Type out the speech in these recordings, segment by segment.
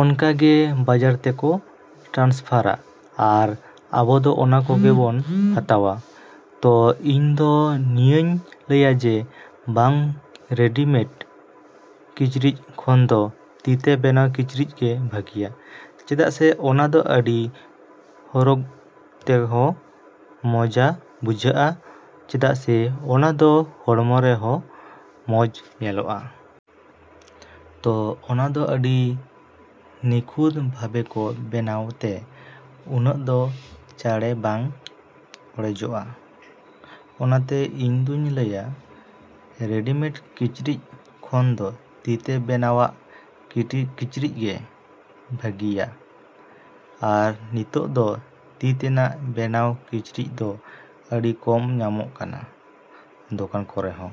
ᱚᱱᱠᱟᱜᱮᱠᱚ ᱵᱟᱡᱟᱨᱛᱮᱠᱚ ᱴᱨᱟᱱᱥᱯᱷᱟᱨᱟ᱾ ᱟᱨ ᱟᱵᱚᱫᱚ ᱚᱱᱟ ᱠᱚᱜᱮ ᱵᱚᱱ ᱦᱟᱛᱟᱣᱟ᱾ ᱛᱚ ᱤᱧᱫᱚ ᱱᱤᱭᱟᱹᱧ ᱞᱟᱹᱭᱟ ᱡᱮ ᱵᱟᱝ ᱨᱮᱰᱤᱢᱮᱰ ᱠᱤᱪᱨᱤᱡᱽ ᱠᱷᱚᱱᱫᱚ ᱛᱤᱛᱮ ᱵᱮᱱᱟᱣ ᱠᱤᱪᱨᱤᱡᱽᱜᱮ ᱵᱷᱟᱹᱜᱤᱭᱟ᱾ ᱪᱮᱫᱟᱜ ᱥᱮ ᱚᱱᱟᱫᱚ ᱟᱹᱰᱤ ᱦᱚᱨᱚᱜᱛᱮᱦᱚᱸ ᱢᱚᱡᱟ ᱵᱩᱡᱷᱟᱹᱜᱼᱟ᱾ ᱪᱮᱫᱟᱜ ᱥᱮ ᱚᱱᱟᱫᱚ ᱦᱚᱲᱢᱚᱨᱮ ᱦᱚᱸ ᱢᱚᱡᱽ ᱧᱮᱞᱚᱜᱼᱟ᱾ ᱛᱚ ᱚᱱᱟᱫᱚ ᱟᱹᱰᱤ ᱱᱤᱠᱷᱩᱛ ᱵᱷᱟᱵᱮᱠᱚ ᱵᱮᱱᱟᱣᱛᱮ ᱩᱱᱟᱹᱜᱫᱚ ᱪᱟᱬᱮ ᱵᱟᱝ ᱚᱲᱮᱡᱚᱜᱼᱟ᱾ ᱚᱱᱟᱛᱮ ᱤᱧᱫᱩᱧ ᱞᱟᱹᱭᱟ ᱨᱮᱰᱤᱢᱮᱰ ᱠᱤᱪᱨᱤᱡᱽ ᱠᱷᱚᱱᱫᱚ ᱛᱤᱛᱮ ᱵᱮᱱᱟᱣᱟᱜ ᱠᱤᱪᱨᱤᱡᱽᱜᱮ ᱵᱷᱟᱹᱜᱤᱭᱟ᱾ ᱟᱨ ᱱᱤᱛᱚᱜ ᱫᱚ ᱛᱤ ᱛᱮᱱᱟᱜ ᱵᱮᱱᱟᱣ ᱠᱤᱪᱨᱤᱡᱽ ᱫᱚ ᱟᱹᱰᱤ ᱠᱚᱢ ᱧᱟᱢᱚᱜ ᱠᱟᱱᱟ ᱫᱚᱠᱟᱱ ᱠᱚᱨᱮᱦᱚᱸ᱾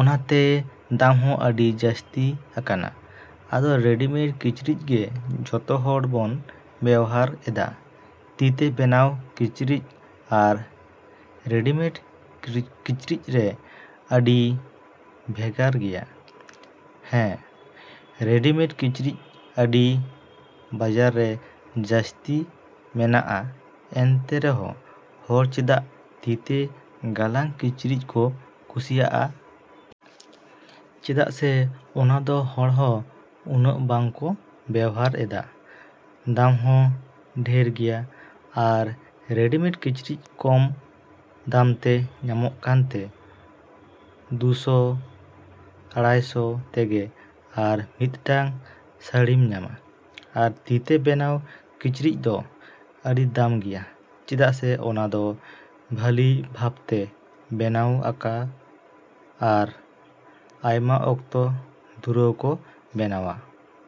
ᱚᱱᱟᱛᱮ ᱫᱟᱢᱦᱚᱸ ᱟᱹᱰᱤ ᱡᱟᱹᱥᱛᱤ ᱟᱠᱟᱱᱟ᱾ ᱟᱫᱚ ᱨᱮᱰᱤᱢᱮᱰ ᱠᱤᱪᱨᱤᱡᱽᱜᱮ ᱡᱚᱛᱚᱦᱚᱲ ᱵᱚᱱ ᱵᱮᱣᱦᱟᱨ ᱮᱫᱟ᱾ ᱛᱤᱛᱮ ᱵᱮᱱᱟᱣ ᱠᱤᱪᱨᱤᱡᱽ ᱟᱨ ᱨᱮᱰᱤᱢᱮᱰ ᱠᱤᱪᱨᱤᱡᱽᱨᱮ ᱟᱹᱰᱤ ᱵᱷᱮᱜᱟᱨ ᱜᱮᱭᱟ᱾ ᱦᱮᱸ, ᱨᱮᱰᱤᱢᱮᱰ ᱠᱤᱪᱨᱤᱡᱽ ᱟᱹᱰᱤ ᱵᱟᱡᱟᱨ ᱨᱮ ᱡᱟᱹᱥᱛᱤ ᱢᱮᱱᱟᱜᱼᱟ᱾ ᱮᱱᱛᱮ ᱨᱮᱦᱚᱸ ᱦᱚᱲ ᱪᱮᱫᱟᱜ ᱛᱤᱛᱮ ᱜᱟᱞᱟᱝ ᱠᱤᱪᱨᱤᱡᱽᱠᱚ ᱠᱩᱥᱤᱭᱟᱜᱼᱟ? ᱪᱮᱫᱟᱜ ᱥᱮ ᱚᱱᱟᱫᱚ ᱦᱚᱲᱦᱚᱸ ᱩᱱᱟᱹᱜ ᱵᱟᱝᱠᱚ ᱵᱮᱣᱦᱟᱨ ᱮᱫᱟ, ᱫᱟᱢᱦᱚᱸ ᱰᱷᱮᱨ ᱜᱮᱭᱟ᱾ ᱟᱨ ᱨᱮᱰᱤᱢᱮᱰ ᱠᱤᱪᱨᱤᱡᱽ ᱠᱚᱢ ᱫᱟᱢᱛᱮ ᱧᱟᱢᱚᱜ ᱠᱟᱱᱛᱮ ᱫᱩᱥᱚ ᱟᱲᱟᱭᱥᱚ ᱛᱮᱜᱮ ᱟᱨ ᱢᱤᱫᱴᱟᱝ ᱥᱟᱲᱤᱢ ᱧᱟᱢᱟ᱾ ᱟᱨ ᱛᱤᱛᱮ ᱵᱮᱱᱟᱣ ᱠᱤᱪᱨᱤᱡᱽ ᱫᱚ ᱟᱹᱰᱤ ᱫᱟᱢ ᱜᱮᱭᱟ ᱪᱮᱫᱟᱜ ᱥᱮ ᱚᱱᱟᱫᱚ ᱵᱷᱟᱹᱞᱤ ᱵᱷᱟᱯᱛᱮ ᱵᱮᱱᱟᱣ ᱟᱠᱚ ᱟᱨ ᱟᱭᱢᱟ ᱚᱠᱛᱚ ᱫᱷᱩᱨᱟᱹᱣ ᱠᱚ ᱵᱮᱱᱟᱣᱟ᱾